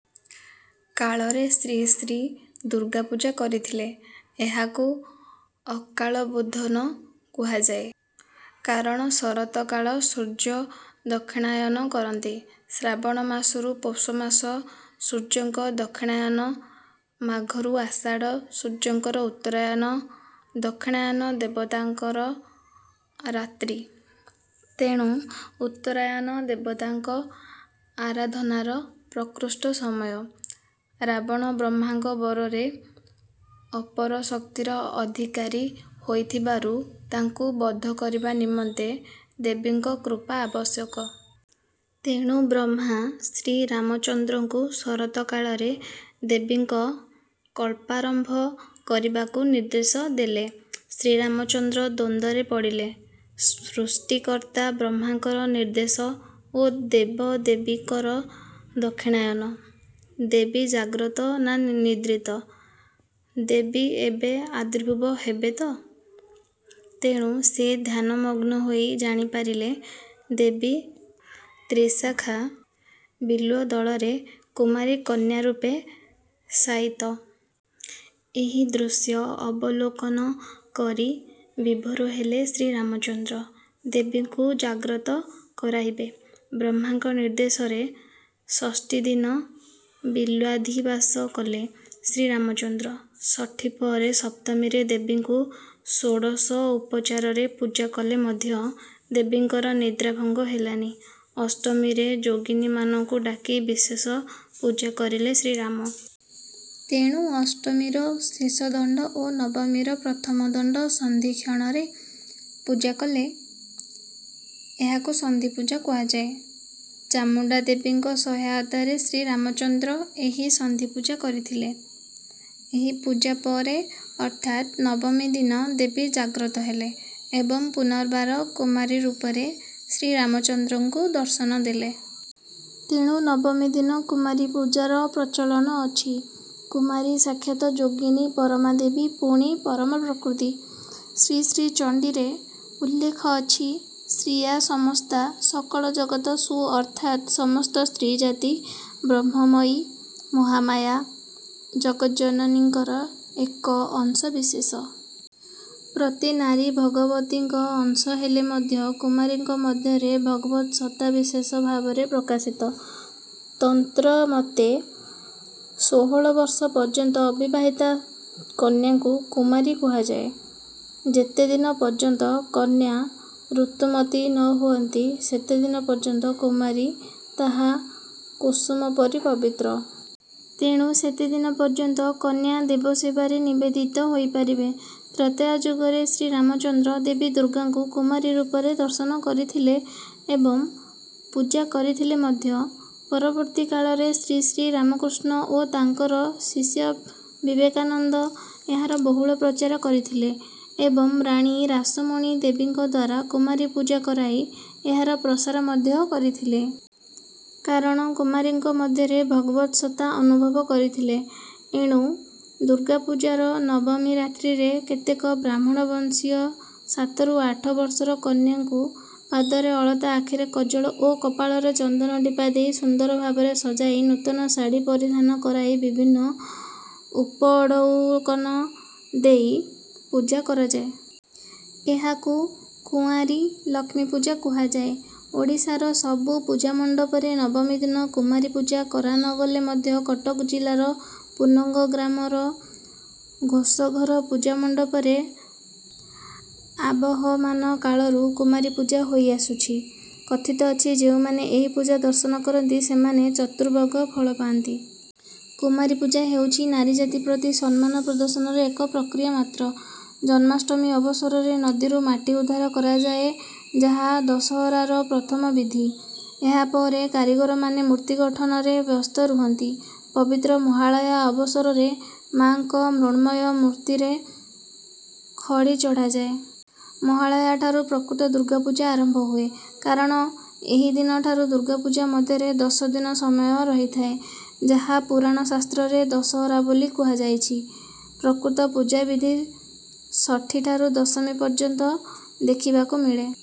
କାଳରେ ଶ୍ରୀ ଶ୍ରୀ ଦୁର୍ଗାପୂଜା କରିଥିଲେ। ଏହାକୁ ଅକାଳବୋଧନ କୁହାଯାଏ। କାରଣ ଶରତକାଳ ସୂର୍ଯ୍ୟ ଦକ୍ଷିଣାୟନ କରନ୍ତି। ଶ୍ରାବଣ ମାସରୁ ପୌଷମାସ ସୂର୍ଯ୍ୟଙ୍କ ଦକ୍ଷିଣାୟନ ମାଘରୁ ଆଷାଢ଼ ସୂର୍ଯ୍ୟଙ୍କର ଉତ୍ତରାୟନ। ଦକ୍ଷିଣାୟନ ଦେବତାଙ୍କର ରାତ୍ରି। ତେଣୁ ଉତ୍ତରାୟନ ଦେବତାଙ୍କ ଆରାଧନାର ପ୍ରକୃଷ୍ଟ ସମୟ। ରାବଣ ବ୍ରହ୍ମାଙ୍କ ବରରେ ଅପାରଶକ୍ତିର ଆଧିକାରୀ ହୋଇଥିବାରୁ ତାଙ୍କୁ ବଧ କରିବା ନିମନ୍ତେ ଦେବୀଙ୍କ କୃପା ଆବଶ୍ୟକ। ତେଣୁ ବ୍ରହ୍ମା ଶ୍ରୀରାମଚନ୍ଦ୍ରଙ୍କୁ ଶରତ କାଳରେ ଦେବୀଙ୍କ କଳ୍ପାରମ୍ଭ କରିବାକୁ ନିର୍ଦ୍ଦେଶ ଦେଲେ। ଶ୍ରୀରାମଚନ୍ଦ୍ର ଦ୍ୱନ୍ଦ୍ୱରେ ପଡ଼ିଲେ। ସୃଷ୍ଟିକର୍ତ୍ତା ବ୍ରହ୍ମାଙ୍କର ନିର୍ଦ୍ଦେଶ ଓ ଦେବଦେବୀଙ୍କର ଦକ୍ଷିଣାୟନ। ଦେବୀ ଜାଗ୍ରତ ନା ନିଦ୍ରିତ? ଦେବୀ ଏବେ ଆବିର୍ଭୂତ ହେବେ ତ? ତେଣୁ ସେ ଧ୍ୟାନମଗ୍ନ ହୋଇ ଜାଣିପାରିଲେ ଦେବୀ ତ୍ରିଶାଖା ବିଲ୍ୱଦଳରେ କୁମାରୀ କନ୍ୟା ରୂପେ ଶାୟିତ। ଏହି ଦୃଶ୍ୟ ଅବଲୋକନ କରି ବିଭୋର ହେଲେ ଶ୍ରୀରାମଚନ୍ଦ୍ର। ଦେବୀଙ୍କୁ ଜାଗ୍ରତ କରାଇବେ। ବ୍ରହ୍ମାଙ୍କ ନିର୍ଦ୍ଦେଶରେ ଷଷ୍ଠୀଦିନ ବିଲ୍ୱାଧିବାସ କଲେ ଶ୍ରୀରାମଚନ୍ଦ୍ର। ଷଷ୍ଠୀପରେ ସପ୍ତମୀରେ ଦେବୀଙ୍କୁ ଷୋଡ଼ଶ ଉପଚାରରେ ପୂଜା କଲେ ମଧ୍ୟ ଦେବୀଙ୍କର ନିଦ୍ରାଭଙ୍ଗ ହେଲାନି। ଅଷ୍ଟମୀରେ ଯୋଗିନୀମାନଙ୍କୁ ଡାକି ବିଶେଷ ପୂଜାକରିଲେ ଶ୍ରୀରାମ। ତେଣୁ ଅଷ୍ଟମୀର ଶେଷ ଦଣ୍ଡ ଓ ନବମୀର ପ୍ରଥମ ଦଣ୍ଡ ସନ୍ଧିକ୍ଷଣରେ ପୂଜା କଲେ। ଏହାକୁ ସନ୍ଧିପୂଜା କୁହାଯାଏ। ଚାମୁଣ୍ଡା ଦେବୀଙ୍କ ସହାୟତାରେ ଶ୍ରୀରାମଚନ୍ଦ୍ର ଏହି ସନ୍ଧିପୂଜା କରିଥିଲେ। ଏହି ପୂଜା ପରେ ଅର୍ଥାତ୍ ନବମୀ ଦିନ ଦେବୀ ଜାଗ୍ରତ ହେଲେ ଏବଂ ପୁନର୍ବାର କୁମାରୀ ରୂପରେ ଶ୍ରୀରାମଚନ୍ଦ୍ରଙ୍କୁ ଦର୍ଶନ ଦେଲେ। ତେଣୁ ନବମୀ ଦିନ କୁମାରୀ ପୂଜାର ପ୍ରଚଳନ ଅଛି। କୁମାରୀ ସାକ୍ଷାତ ଯୋଗିନୀ ପରମାଦେବୀ ପୁଣି ପରମପ୍ରକୃତି। ଶ୍ରୀ ଶ୍ରୀ ଚଣ୍ଡୀରେ ଉଲ୍ଲେଖ ଅଛି ସ୍ତ୍ରୀୟା ସମସ୍ତା ସକଳ ଜଗତ ସୁ ଅର୍ଥାତ୍ ସମସ୍ତ ସ୍ତ୍ରୀ ଜାତି ବ୍ରହ୍ମମୟୀ ମହାମାୟା ଜଗଜ୍ଜନନୀଙ୍କର ଏକ ଅଂଶ ବିଶେଷ। ପ୍ରତି ନାରୀ ଭଗବତୀଙ୍କ ଅଂଶ ହେଲେ ମଧ୍ୟ କୁମାରୀଙ୍କ ମଧ୍ୟରେ ଭଗବତ୍ ସତ୍ତା ବିଶେଷ ଭାବରେ ପ୍ରକାଶିତ। ତନ୍ତ୍ରମତେ ଷୋହଳ ବର୍ଷ ପର୍ଯ୍ୟନ୍ତ ଅବିବାହିତା କନ୍ୟାଙ୍କୁ କୁମାରୀ କୁହାଯାଏ। ଯେତେଦିନ ପର୍ଯ୍ୟନ୍ତ କନ୍ୟା ଋତୁମତୀ ନ ହୁଅନ୍ତି ସେତେଦିନ ପର୍ଯ୍ୟନ୍ତ କୁମାରୀ ତାହା କୁସୁମପରି ପବିତ୍ର। ତେଣୁ ସେତେଦିନ ପର୍ଯ୍ୟନ୍ତ କନ୍ୟା ଦେବସେବାରେ ନିବେଦିତ ହୋଇପାରିବେ। ତ୍ରେତୟା ଯୁଗରେ ଶ୍ରୀରାମଚନ୍ଦ୍ର ଦେବୀ ଦୁର୍ଗାଙ୍କୁ କୁମାରୀ ରୂପରେ ଦର୍ଶନ କରିଥିଲେ ଏବଂ ପୂଜା କରିଥିଲେ ମଧ୍ୟ ପରବର୍ତ୍ତୀକାଳରେ ଶ୍ରୀଶ୍ରୀ ରାମକୃଷ୍ଣ ଓ ତାଙ୍କର ଶିଷ୍ୟ ବିବେକାନନ୍ଦ ଏହାର ବହୁଳ ପ୍ରଚାର କରିଥିଲେ ଏବଂ ରାଣୀ ରାସମଣୀ ଦେବୀଙ୍କଦ୍ୱାରା କୁମାରୀ ପୂଜାକରାଇ ଏହାର ପ୍ରସାର ମଧ୍ୟ କରିଥିଲେ। କାରଣ କୁମାରୀଙ୍କ ମଧ୍ୟରେ ଭଗବତ୍ ସତ୍ତା ଅନୁଭବ କରିଥିଲେ। ଏଣୁ ଦୁର୍ଗାପୂଜାର ନବମୀ ରାତ୍ରିରେ କେତେକ ବ୍ରାହ୍ମଣ ବଂଶୀୟ ସାତରୁ ଆଠ ବର୍ଷର କନ୍ୟାକୁ ପାଦରେ ଅଳତା ଆଖିରେ କଜ୍ଜଳ ଓ କପାଳରେ ଚନ୍ଦନ ଟିପା ଦେଇ ସୁନ୍ଦର ଭାବରେ ସଜାଇ ନୂତନ ଶାଢ଼ି ପରିଧାନ କରାଇ ବିଭିନ୍ନ ଉପଢ଼ୌକନ ଦେଇ ପୂଜା କରାଯାଏ। ଏହାକୁ କୁଆଁରୀ ଲକ୍ଷ୍ମୀ ପୂଜା କୁହାଯାଏ। ଓଡ଼ିଶାର ସବୁ ପୂଜାମଣ୍ଡପରେ ନବମୀ ଦିନ କୁମାରୀ ପୂଜା କରା ନ ଗଲେ ମଧ୍ୟ କଟକ ଜିଲ୍ଲାର ପୁନଙ୍ଗ ଗ୍ରାମର ଘୋଷଘର ପୂଜାମଣ୍ଡପରେ ଆବାହମାନକାଳରୁ କୁମାରୀ ପୂଜା ହୋଇଆସୁଛି। କଥିତ ଅଛି ଯେଉଁମାନେ ଏହି ପୂଜା ଦର୍ଶନ କରନ୍ତି ସେମାନେ ଚତୁବର୍ଗ ଫଳ ପାଆନ୍ତି। କୁମାରୀ ପୂଜା ହେଉଛି ନାରୀଜାତି ପ୍ରତି ସମ୍ମାନ ପ୍ରଦର୍ଶନର ଏକ ପ୍ରକ୍ରିୟା ମାତ୍ର। ଜନ୍ମାଷ୍ଟମୀ ଅବସରରେ ନଦୀରୁ ମାଟି ଉଦ୍ଧାର କରାଯାଏଯାହା ଦଶହରାର ପ୍ରଥମ ବିଧି। ଏହା ପରେ କାରିଗରମାନେ ମୂର୍ତ୍ତି ଗଠନରେ ବ୍ୟସ୍ତ ରୁହନ୍ତି। ପବିତ୍ର ମହାଳୟା ଅବସରରେ ମାଙ୍କ ମୃଣ୍ମୟ ମୂର୍ତ୍ତିରେ ଖଡ଼ି ଚଢାଯାଏ। ମହାଳୟା ଠାରୁ ପ୍ରକୃତ ଦୁର୍ଗାପୂଜା ଆରମ୍ଭ ହୁଏ। କାରଣ ଏହି ଦିନ ଠାରୁ ଦୁର୍ଗାପୂଜା ମଧ୍ୟରେ ଦଶ ଦିନ ସମୟ ରହିଥାଏ ଯାହା ପୁରାଣ ଶାସ୍ତ୍ରରେ ଦଶହରା ବୋଲି କୁହାଯାଇଛି। ପ୍ରକୃତ ପୂଜାବିଧି ଷଷ୍ଠୀ ଠାରୁ ଦଶମୀ ପର୍ଯ୍ୟନ୍ତ ଦେଖିବାକୁ ମିଳେ।